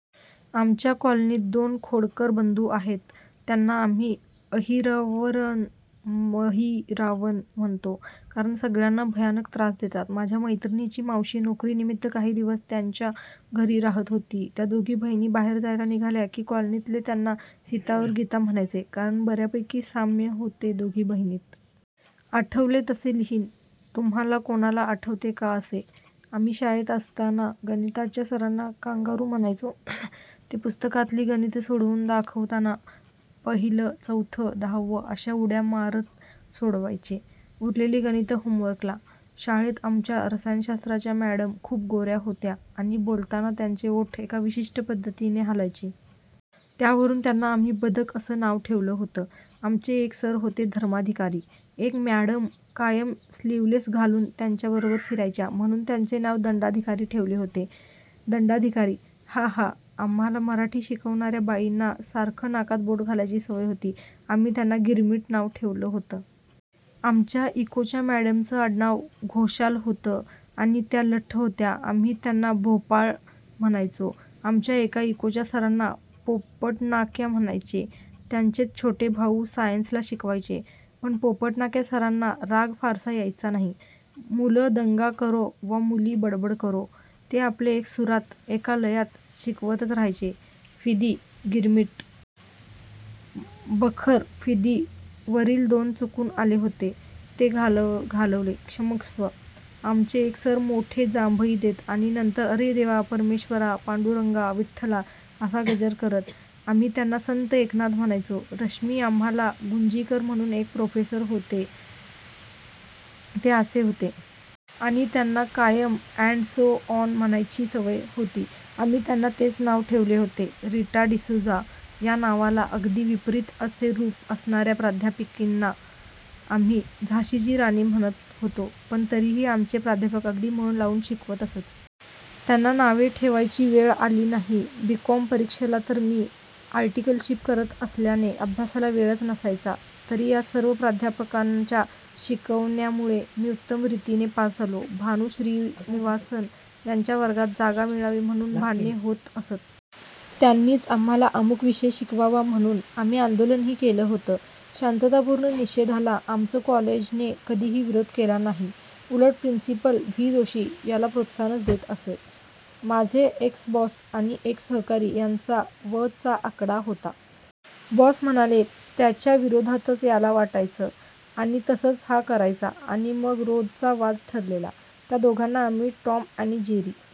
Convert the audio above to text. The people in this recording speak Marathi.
आमच्या कॉलनीत दोन खोडकर बन्धू आहेत. त्याना आम्ही अहीरावण-महीरावण म्हणतो. कारण सगळ्याना भयानक त्रास देतात. माझ्या मैत्रिणीची मावशी नोकरीनिमीत्त काही दिवस त्यान्च्या घरी रहात होती. त्या दोघी बहिणी बाहेर जायला निघाल्या की कॉलनीतले त्याना सीता और गीता म्हणायचे कारण बर्यापैकी साम्य होते दोघी बहिणीत. आठवेल तसे लिहीन, तुम्हाला कोणाला आठवते का असे? आम्ही शाळेत असताना गणिताच्या सरांना कांगारु म्हणायचो. ते पुस्तकातली गणित सोडवुन दाखवताना पहील्, चौथ, दहाव अश्या उड्या मारत सोडवायचे. उरलेली गणित होमवर्कला.. शाळेत आमच्या रसायनशास्त्राच्या मॅडम खूप गोर्या होत्या आणि बोलताना त्यांचे ओठ एका विशिष्ठ पद्धतीने हलायचे. त्यावरुन त्यांना आम्ही "बदक" असं नाव ठेवलं होतं. आमचे एक सर होते धर्माधिकारी. एक म्याडम कायम स्लीवलेस घालुन त्यांच्याबरोबर फिरायच्या. म्हणुन त्यांचे नाव दंडाधिकारी ठेवले होते. दन्डाधिकारी.:हाहा:आम्हाला मराठी शिकवणार्या बाईंना सारखं नाकात बोट घालायची सवय होती आम्ही त्यांना 'गिरमिट' नाव ठेवलं होत. आमच्या इकोच्या मॅडमचं आडनाव घोषाल होतं आणि त्या लठ्ठ होत्या आम्ही त्यांना भोपाळ म्हणायचो. आमच्या एका इकोच्या सराना पोपटनाक्या म्हणायचे, त्यान्चेच छोटे भाऊ सायन्सला शिकवायचे. पण पोपटनाक्या सराना राग फारसा यायचा नाही. मुल दन्गा करो, वा मुली बडबड करो, ते आपले एक सुरात, एका लयीत शिकवतच रहायचे.:फिदी:गिरमीट, बखर.:फिदी:वरील दोन चुकून आले होते.. ते घालवले.. क्षमस्व.. आमचे एक सर मोठ्ठी जांभई देत आणि नंतर "अरे देवा, परमेश्वरा, पांडुरंगा, विठठला" असा गजर करत. आम्ही त्यांना संत एकनाथ म्हणायचो. रश्मी, आम्हाला गुंजीकर म्हणून एक प्रोफेसर होते, ते असे होते. आणि त्यांना कायम अॅंड सो ऑन, म्हणायची सवय होती.. आम्ही त्यांना तेच नाव ठेवले होते. रिटा डिसोझा या नावाला अगदी विपरीत असे रुप असणार्या प्राध्यापिकांना आम्ही झाशीची राणी म्हणत होतो. पण तरीही आमचे प्राध्यापक अगदी मन लावून शिकवत असत. त्यांना नावे ठेवायची वेळच आली नाही. बी कॉम परीक्षेला तर मी आर्टिकलशिप करत असल्याने, अभ्यासाला वेळच नसायचा. तरी या सर्व प्राध्यापकांच्या शिकवण्यामूळे मी उत्तम रितीने पास झालो. भानू श्रीनिवासन यांच्या वर्गात जागा मि़ळावी म्हणून भांडणे होत असत. त्यांनीच आम्हाला अमूक विषय शिकवावा म्हणून आम्ही आंदोलनही केले होते. शांततापूर्ण निषेधाला आमच्या कॉलेजने कधीही विरोध केला नाही. उलट प्रिन्सिपल व्ही. जोशी याला प्रोत्साहनच देत असत. माझे एक्स बॉस आणि एक सहकारी यांचा व चा आकडा होता. बॉस म्हणेल त्याच्या विरुद्धच याला वाटायचं आणि तसंच हा करायचा आणि मग रोजचा वाद ठरलेला. त्या दोघांना आम्ही टॉम आणि जेरी